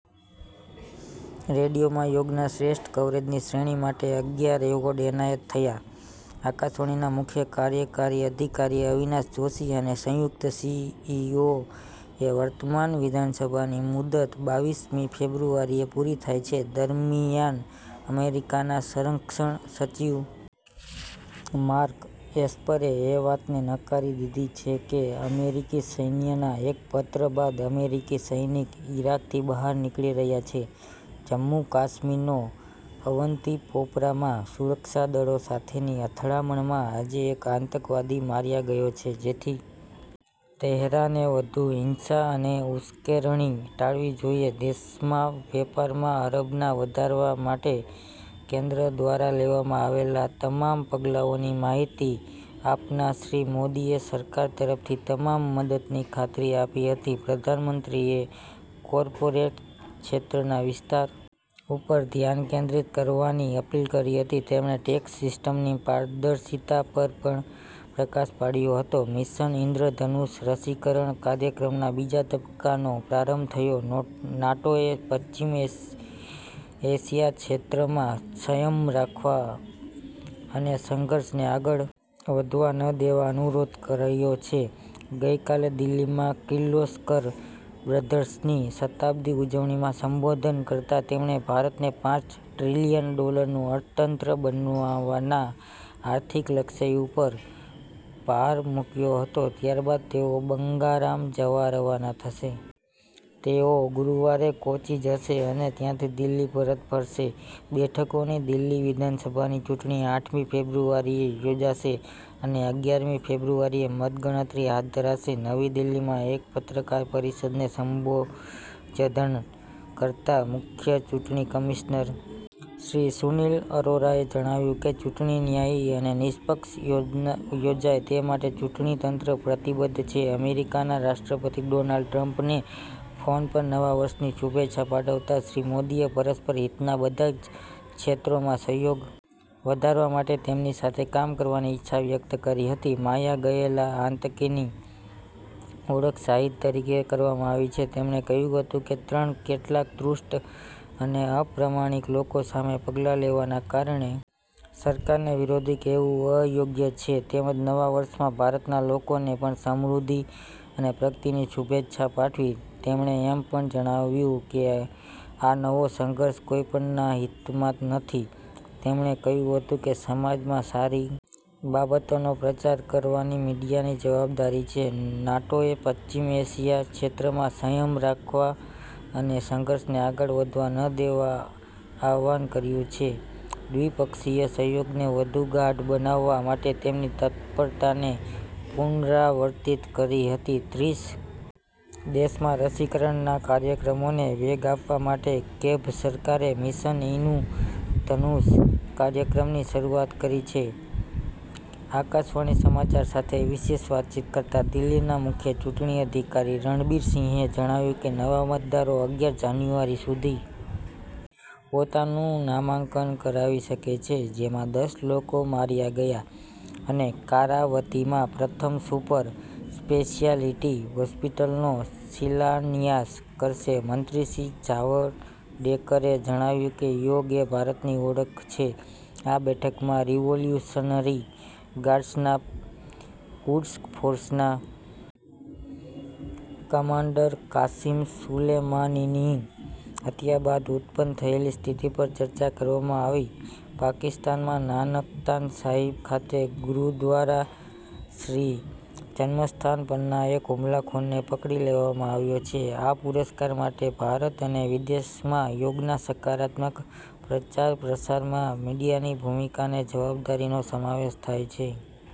રેડિયોમાં યોગના શ્રેષ્ઠ કવરેજની શ્રેણી માટે અગિયાર એવોર્ડ એનાયત થયા આકાશવાણીના મુખ્ય કાર્યકારી અધિકારી અવિનાશ જોશી અને સંયુક્ત સીઇઓ એ વર્તમાન વિધાનસભાની મુદ્દત બાવીસ મી ફેબ્રુઆરીએ પૂરી થાય છે દરમિયાન અમેરીકાના સંરક્ષણ સચિવ માર્ક એસ્પરે એ વાતને નકારી દીધી છે કે અમેરીકી સૈન્યના એક પત્ર બાદ અમેરીકી સૈનિક ઇરાકથી બહાર નીકળી રહ્યા છે જમ્મુ કાશ્મીરનો અવંતીપોપરામાં સુરક્ષાદળો સાથેની અથડામણમાં આજે એક આતંકવાદી માર્યા ગયો છે જેથી તહેરાને વધુ હિંસા અને ઉશ્કેરણી ટાળવી જોઇએ દેશમાં વેપારમાં અરબના વધારવા માટે કેન્દ્ર દ્વારા લેવામાં આવેલા તમામ પગલાઓની માહિતી આપના શ્રી મોદીએ સરકાર તરફથી તમામ મદદની ખાતરી આપી હતી પ્રધાનમંત્રીએ કોર્પોરેટ ક્ષેત્રના વિસ્તાર ઉપર ધ્યાન કેન્દ્રિત કરવાની અપીલ કરી હતી તેમણે ટેક્સ સિસ્ટમની પારદર્શિતા પર પણ પ્રકાશ પાડ્યો હતો મિશન ઇન્દ્રધનુષ રસીકરણ કાર્યક્રમના બીજા તબક્કાનો પ્રારંભ થયો નાટોએ પશ્ચિમ એશિયા ક્ષેત્રમાં સંયમ રાખવા અને સંઘર્ષને આગળ વધવા ન દેવા અનુરોધ કર્યો છે ગઇકાલે દિલ્હીમાં કિર્લોસ્કર બ્રધર્સની શતાબ્દિ ઉજવણીમાં સંબોધન કરતા તેમણે ભારતને પાંચ ટ્રિલિયન ડોલરનું અર્થતંત્ર બનાવવાનાં આર્થિક લક્ષ્ય ઉપર ભાર મૂક્યો હતો ત્યારબાદ તેઓ બંગારામ જવા રવાના થશે તેઓ ગુરુવારે કોચી જશે અને ત્યાંથી દિલ્હી પરત ફરશે બેઠકોની દિલ્હી વિધાનસભાની ચૂંટણી આઠમી ફેબ્રુઆરીએ યોજાશે અને અગિયાર મી ફેબ્રુઆરીએ મતગણતરી હાથ ધરાશે નવી દિલ્હીમાં એક પત્રકાર પરિષદને સંબોજધન કરતા મુખ્ય ચૂંટણી કમિશ્નર શ્રી સુનિલ અરોરાએ જણાવ્યું કે ચૂંટણી ન્યાયી અને નિષ્પક્ષ યોજાય તે માટે ચૂંટણીતંત્ર પ્રતિબધ્ધ છે અમેરીકાના રાષ્ટ્રપતિ ડોનાલ્ડ ટ્રમ્પને ફોન પર નવા વર્ષની શુભેચ્છા પાઠવતા શ્રી મોદીએ પરસ્પર હિતના બધા જ ક્ષેત્રોમાં સહયોગ વધારવા માટે તેમની સાથે કામ કરવાની ઇચ્છા વ્યક્ત કરી હતી માયા ગયેલા આતંકીની ઓળખ શાહીદ તરીકે કરવામાં આવી છે તેમણે કહ્યું હતું કે ત્રણ કેટલાક તૃષ્ટ અને અપ્રામાણિક લોકો સામે પગલાં લેવાને કારણે સરકારને વિરોધી કહેવુ અયોગ્ય છે તેમજ નવા વર્ષમાં ભારતના લોકોને પણ સમૃધ્ધિ અને પ્રગતિની શુભેચ્છા પાઠવી તેમણે એમ પણ જણાવ્યું કે આ નવો સંઘર્ષ કોઇપણના હિતમાં નથી તેમણે કહ્યું હતું કે સમાજમાં સારી બાબતોનો પ્રચાર કરવાની મિડિયાની જવાબદારી છે નાટોએ પશ્ચિમ એશિયા ક્ષેત્રમાં સંયમ રાખવા અને સંઘર્ષને આગળ વધવા ન દેવા આહ્વાન કર્યું છે દ્વિપક્ષીય સહયોગને વધુ ગાઢ બનાવવા માટે તેમની તત્પરતાને પુનરાવર્તિત કરી હતી ત્રીસ દેશમાં રસીકરણનાં કાર્યક્રમોને વેગ આપવા માટે કેભ સરકારે મિશન ઇનું ધનુષ કાર્યક્રમની શરુઆત કરી છે આકાશવાણી સમાચાર સાથે વિશેષ વાતચીત કરતાં દિલ્હીના મુખ્ય ચૂંટણી અધિકારી રણબીરસિંહે જણાવ્યું કે નવા મતદારો અગિયાર જાન્યુઆરી સુધી પોતાનું નામાકંન કરાવી શકે છે જેમાં દસ લોકો માર્યા ગયા અને કારાવતીમાં પ્રથમ સુપર સ્પેશ્યાલીટી હોસ્પિટલનો શિલાન્યાસ કરશે મંત્રીશ્રી જાવડેકરે જણાવ્યું કે યોગ એ ભારતની ઓળખ છે આ બેઠકમાં રિવોલ્યુશનરી ગાર્ડસના કુડસ ફોર્સના કમાન્ડર કાસિમ સુલેમાનીની હત્યા બાદ ઉત્પન્ન થયેલી સ્થિતિ પર ચર્ચા કરવામાં આવી પાકિસ્તાનમાં નાનકતાન સાહિબ ખાતે ગુરૂદ્વારા શ્રી જન્મસ્થાન પરના એક હુમલાખોરને પકડી લેવામાં આવ્યો છે આ પુરસ્કાર માટે ભારત અને વિદેશમાં યોગના સકારાત્મક પ્રચારપ્રસારમાં મીડીયાની ભૂમિકાને જવાબદારીનો સમાવેશ થાય છે।